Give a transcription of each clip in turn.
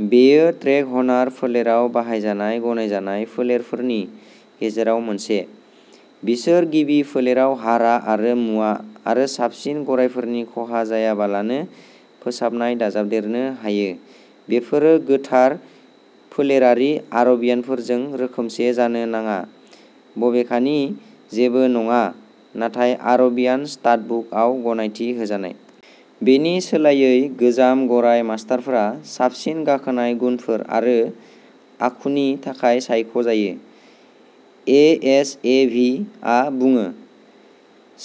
बेयो ट्रेकहनार फोलेराव बाहायजानाय गनायजानाय फोलेरफोरनि गेजेराव मोनसे। बिसोर गिबि फोलेराव हारा आरो मुवा आरो साबसिन गरायफोरनि खहा जायालाबानो फोसाबनाय दाजाबदेरनो हायो। बेफोरो गोथार फोलेरारि आरबियानफोरजों रोखोमसे जानो नाङा, बबेखानि जेबो नङा, नाथाय आरबियान, स्टाडबुकआव गनायथि होजानाय। बेनि सोलायै गोजाम गराय मास्टारफोरा साबसिन गाखोनाय गुनफोर आरो आखुनि थाखाय सायख'जायो, एएसएभिआ बुङो।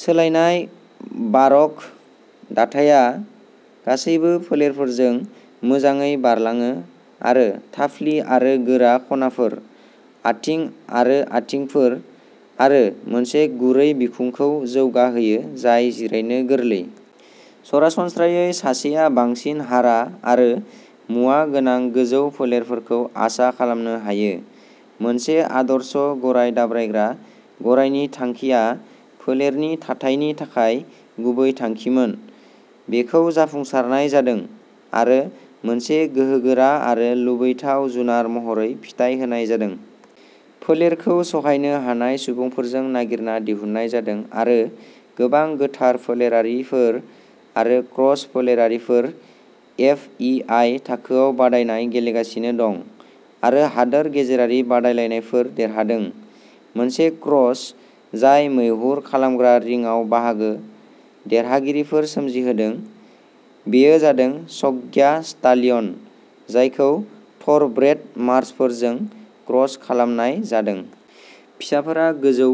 सोलायनाय बारक दाथाया गासैबो फोलेरफोरजों मोजाङै बारलाङो आरो थाफ्लि आरो गोरा खनाफोर, आथिं आरो आथिंफोर आरो मोनसे गुरै बिखुंखौ जौगाहोयो जाय जिरायनो गोरलै। सरासनस्रायै सासेया बांसिन हारा आरो मुवा गोनां गोजौ फोलेरफोरखौ आसा खालामनो हायो। मोनसे आदर्श गराय दाब्रायग्रा गरायनि थांखिया फोलेरनि थाथायनि थाखाय गुबै थांखिमोन। बेखौ जाफुंसारनाय जादों आरो मोनसे गोहोगोरा आरो लुबैथाव जुनार महरै फिथाय होनाय जादों। फोलेरखौ सहायनो हानाय सुबुंफोरजों नागिरना दिहुननाय जादों आरो गोबां गोथार फोलेरारिफोर आरो क्रस फोलेरारिफोरा एफईआई थाखोआव बादायनाय गेलेगासिनो दं आरो हादोर गेजेरारि बादायलायनायफोर देरहादों। मोनसे क्रस जाय मैहुर खालामग्रा रिंआव बाहागो देरहागिरिफोर सोमजिहोदों, बेयो जादों शग्या स्टालियन, जायखौ थ'रब्रेड मार्सफोरजों क्रस खालामनाय जादों। फिसाफोरा गोजौ,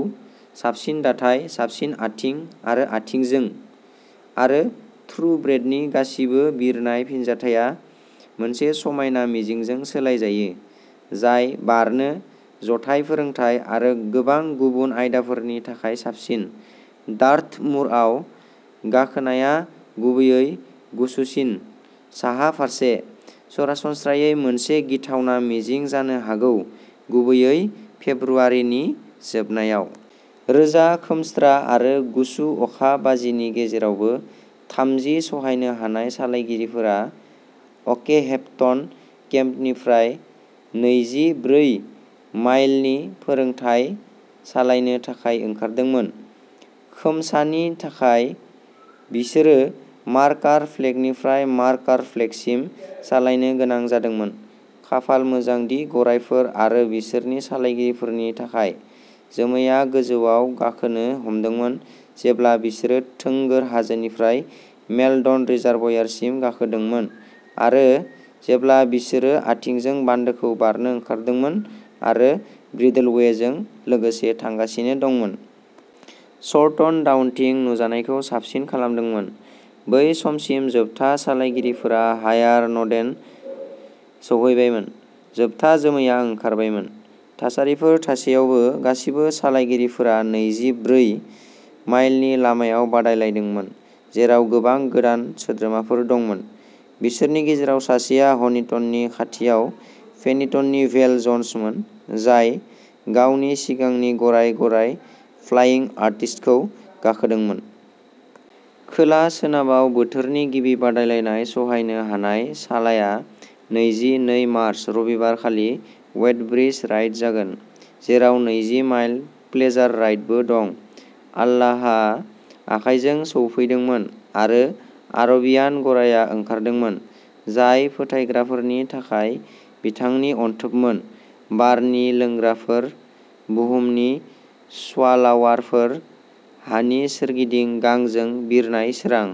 साबसिन दाथाय, साबसिन आथिं आरो आथिंजों, आरो थ्रुब्रेडनि गासिबो बिरनाय फिनजाथाया मोनसे समायना मिजिंजों सोलायजायो, जाय बारनो, जथाय फोरोंथाय आरो गोबां गुबुन आयदाफोरनि थाखाय साबसिन। डार्टमुरआव गाखोनाया, गुबैयै गुसुसिन साहा फारसे, सरासनस्रायै मोनसे गिथावना मिजिं जानो हागौ, गुबैयै फेब्रुआरिनि जोबनायाव। रोजा खोमस्रा आरो गुसु अखा बाजिनि गेजेरावबो थामजि सहायनो हानाय सालायगिरिफोरा अकेहेम्पटन केम्पनिफ्राय नैजि ब्रै माइलनि फोरोंथाय सालायनो थाखाय ओंखारदोंमोन। खोमसानि थाखाय बिसोरो मार्कार फ्लेगनिफ्राय मार्कार फ्लेगसिम सालायनो गोनां जादोंमोन। खाफाल मोजां दि गरायफोर आरो बिसोरनि सालायगिरिफोरनि थाखाय, जोमैआ गोजौआव गाखोनो हमदोंमोन जेब्ला बिसोरो थोंगोर हाजोनिफ्राय मेलडन रिजार्वयारसिम गाखोदोंमोन आरो जेब्ला बिसोरो आथिंजों बान्दोखौ बारनो ओंखारदोंमोन आरो ब्रिडलवेजों लोगोसे थांगासिनो दंमोन। सरटन डाउनथिं नुजानायखौ साबसिन खालामदोंमोन। बै समसिम, जोबथा सालायगिरिफोरा हाइयार नडेन सौहैबायमोन, जोबथा जोमैआ ओंखारबायमोन। थासारिफोर थासेयावबो, गासिबो सालायगिरिफोरा नैजि ब्रै माइलनि लामायाव बादायलायदोंमोन, जेराव गोबां गोदान सोद्रोमाफोर दंमोन। बिसोरनि गेजेराव सासेआ हनिटननि खाथियाव फेनिटननि भेल जन्समोन, जाय गावनि सिगांनि गराय गराय, फ्लाइं आर्टिस्टखौ गाखोदोंमोन। खोला सोनाबाव बोथोरनि गिबि बादायलायनाय सहायनो हानाय सालाया नैजि नै मार्च, रबिबार खालि वेडब्रिज राइड जागोन, जेराव नैजि माइल प्लेजार राइडबो दं। अल्लाहआ आखायजों सौफैदोंमोन आरो आरबियान गरायआ ओंखारदोंमोन, जाय फोथायग्राफोरनि थाखाय बिथांनि अनथोबमोन, बारनि लोंग्राफोर, बुहुमनि स्वालावारफोर, हानि सोरगिदिं गांजों बिरनाय सोरां।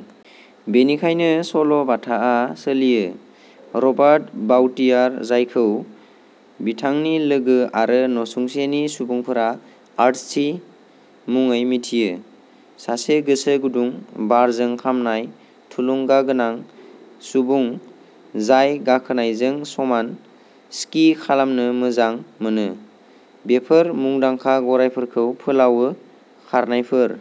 बेनिखायनो सल' बाथाआ सोलियो। रबार्ट बाउटियार, जायखौ बिथांनि लोगो आरो नसुंसेनि सुबुंफोरा आर्ची मुङै मिथियो, सासे गोसो गुदुं, बारजों खामनाय, थुलुंगागोनां सुबुं जाय गाखोनायजों समान स्की खालामनो मोजां मोनो, बेफोर मुंदांखा गरायफोरखौ फोलावो, खारनायफोर।